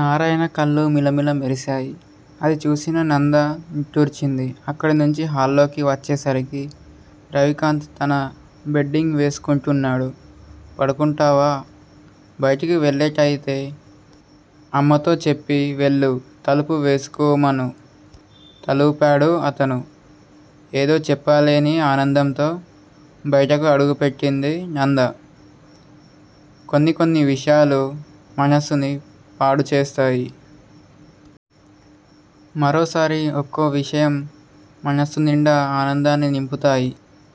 నారాయణ కళ్ళు మిలమిల మెరిశాయి. అది చూసిన నంద నిట్టూర్చింది. అక్కడినుంచి హాల్లోకి వచ్చేసరికి రవికాంత్ తన బెడ్డింగ్ వేసుకుంటున్నాడు. పడుకుంటావా? బయటికి వెళ్ళేట్టయితే అమ్మతో చెప్పి వెళ్ళు తలుపు వేసుకోమను! తలూపాడు అతను! ఏదో చెప్పలేని ఆనందంతో బయటకు అడుగు పెట్టింది నంద. కొన్ని కొన్ని విషయాలు మనస్సుని పాడు చేస్తాయి. మరోసారి ఒక్కో విషయం మనస్సునిండా ఆనందాన్ని నింపుతాయి.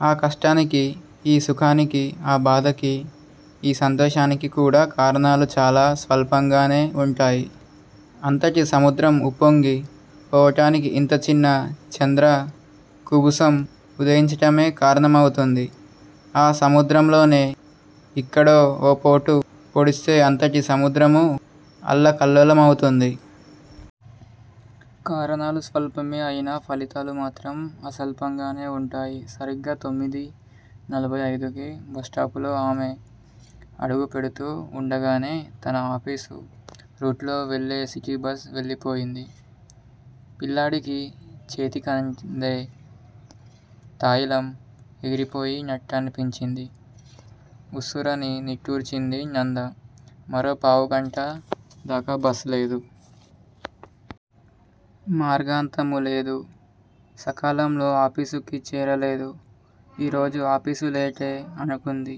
ఆ కష్టానికీ, ఈ సుఖానికీ, ఆ బాధకీ, ఈ సంతోషానికీ కూడా కారణాలు చాలా స్వల్పంగానే వుంటాయి. అంతటి సముద్రం ఉప్పొంగి పోవటానికి ఇంత చిన్న చంద్ర కుబుసం ఉదయించటమే కారణమవుతుంది! ఆ సముద్రంలోనే ఇక్కడో ఓ పోటు పొడిస్తే అంతటి సముద్రమూ అల్లకల్లోలమవుతుంది! కారణాలు స్వల్పమే అయినా ఫలితాలు మాత్రం అసల్పంగానే వుంటాయి! సరిగ్గా తొమ్మిదీ నలభై అయిదుకి బస్టాపులో ఆమె అడుగు పెడుతూ వుండగానే తన ఆఫీసు రూట్ లో వెళ్ళే సిటీ బస్ వెళ్ళిపోయింది. పిల్లాడికి చేతికందే తాయిలం ఎగిరిపోయి నట్టనిపించింది. ఉస్సురని నిట్టూర్చింది నంద. మరో పావుగంట దాకా బస్ లేదు. మార్గాంతరము లేదు. సకాలంలో ఆఫీసుకి చేరలేదు. ఈ రోజు ఆఫీసు లేటే అనుకుంది.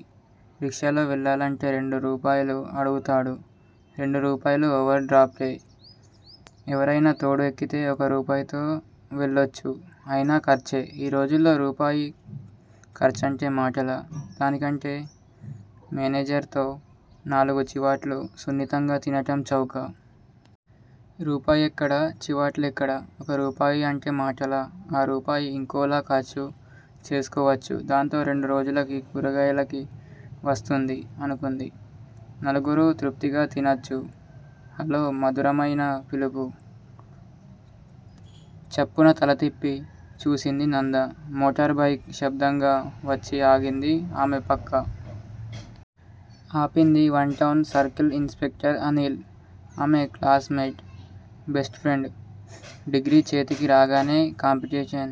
రిక్షాలో వెళ్ళాలంటే రెండు రూపాయలు అడుగుతాడు. రెండు రూపాయలు ఓవర్ డ్రాఫ్టే! ఎవరైనా తోడు ఎక్కితే ఒక రూపాయితో వెళ్ళొచ్చు! అయినా ఖర్చే! ఈ రోజుల్లో రూపాయి ఖర్చంటే మాటలా? దానికంటే మేనేజర్ తో నాలుగు చివాట్లు సున్నితంగా తినటం చౌక! రూపాయెక్కడ? చివాట్లెక్కడ! ఒక రూపాయి అంటే మాటలా! ఆ రూపాయి యింకోలా ఖర్చు చేసుకోవచ్చు! దాంతో రెండు రోజులకి కూరగాయలకి వస్తుంది అనుకుంది! నలుగురూ తృప్తిగా తినచ్చు. హలో! మధురమైన పిలుపు. చప్పున తల తిప్పి చూసింది నంద. మోటార్ బైక్ నిశ్శబ్దంగా వచ్చి ఆగింది ఆమె పక్క. ఆపింది one town circle inspector Anil! ఆమె classmate! Best friend! Degree చేతికి రాగానే కాంపిటేషన్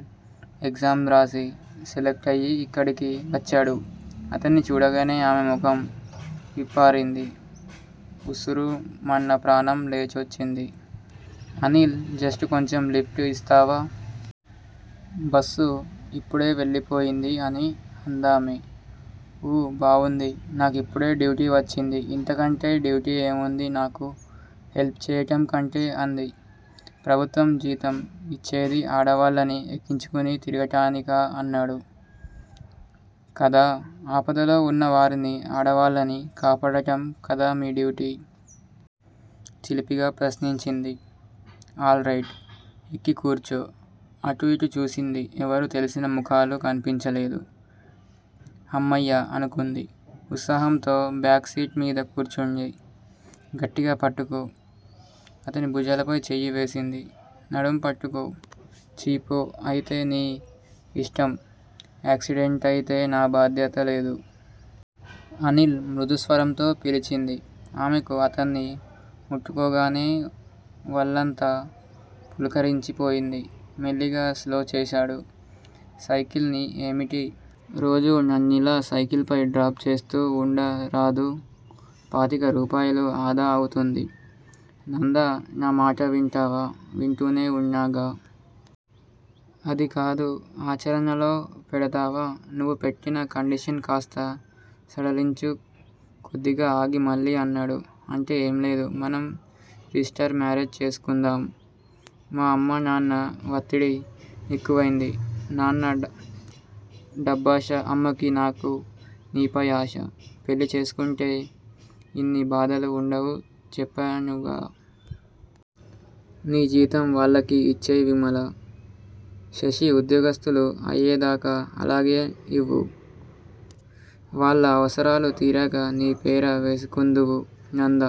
ఎగ్జామ్ రాసి సెలక్టయ్యి ఇక్కడికి వచ్చాడు. అతన్ని చూడగానే ఆమె ముఖం విప్పారింది. ఉస్సురుమన్న ప్రాణం లేచొచ్చింది. అనీల్ జస్టు కొంచెం లిఫ్ట్ ఇస్తావా? బస్సు ఇప్పుడే వెళ్ళిపోయింది అని అందామె. ఊ బావుంది! నాకిప్పుడే డ్యూటీ వచ్చింది ఇంతకంటే డ్యూటీ ఏముంది నాకు హెల్ప్ చెయ్యటం కంటే అంది. ప్రభుత్వం జీతం ఇచ్చేది ఆడవాళ్ళని ఎక్కించుకుని తిరగటానికా అన్నాడు. కాదా? ఆపదలో వున్న వారిని, ఆడవాళ్ళని కాపాడటం కాదా మీ డ్యూటీ! చిలిపిగా ప్రశ్నించింది. All right! ఎక్కి కూర్చో! అటు, ఇటు చూసింది ఎవరూ తెలిసిన ముఖాలు కన్పించలేదు. 'హమ్మయ్య' అనుకుంది. ఉత్సాహంతో బ్యాక్ సీట్ మీద కూర్చుంది. గట్టిగా పట్టుకో! అతని భుజాలపై చెయ్యి వేసింది. నడుం పట్టుకో! ఛీ! పో- అయితే నీ యిష్టం యాక్సిడెంటయితే నా బాధ్యత లేదు! అనిల్ మృదు స్వరంతో పిలిచింది. ఆమెకు అతన్ని ముట్టుకోగానే వళ్ళంతా పులకరించి పోయింది. మెల్లిగా స్లో చేశాడు సైకిల్ ని ఏమిటి? రోజూ నన్నిలా సైకిల్ పై డ్రాప్ చేస్తూ వుండరాదూ పాతిక రూపాయలు ఆదా అవుతుంది. నందా నా మాట వింటావా? వింటూనే వున్నాగా! అదికాదు ఆచరణలో పెడతావా? నువ్వు పెట్టిన కండిషన్ కాస్త సడలించు కొద్దిగా ఆగి మళ్ళీ అన్నాడు. అంటే ఏం లేదు. మనం రిజిస్టర్ మేరేజ్ చేసుకుందాం. మా అమ్మా, నాన్నా వత్తిడి ఎక్కువైంది. నాన్న డబ్బాశ! అమ్మకి నాకు నీపై ఆశ! పెళ్ళి చేసుకుంటే ఇన్ని బాధలు వుండవు చెప్పానుగా! నీ జీతం వాళ్ళకి ఇచ్చెయ్ విమల, శశి ఉద్యోగస్తులు అయ్యేదాకా అలాగే ఇవ్వు! వాళ్ళ అవసరాలు తీరాక నీ పేర వేసుకుందువు. నంద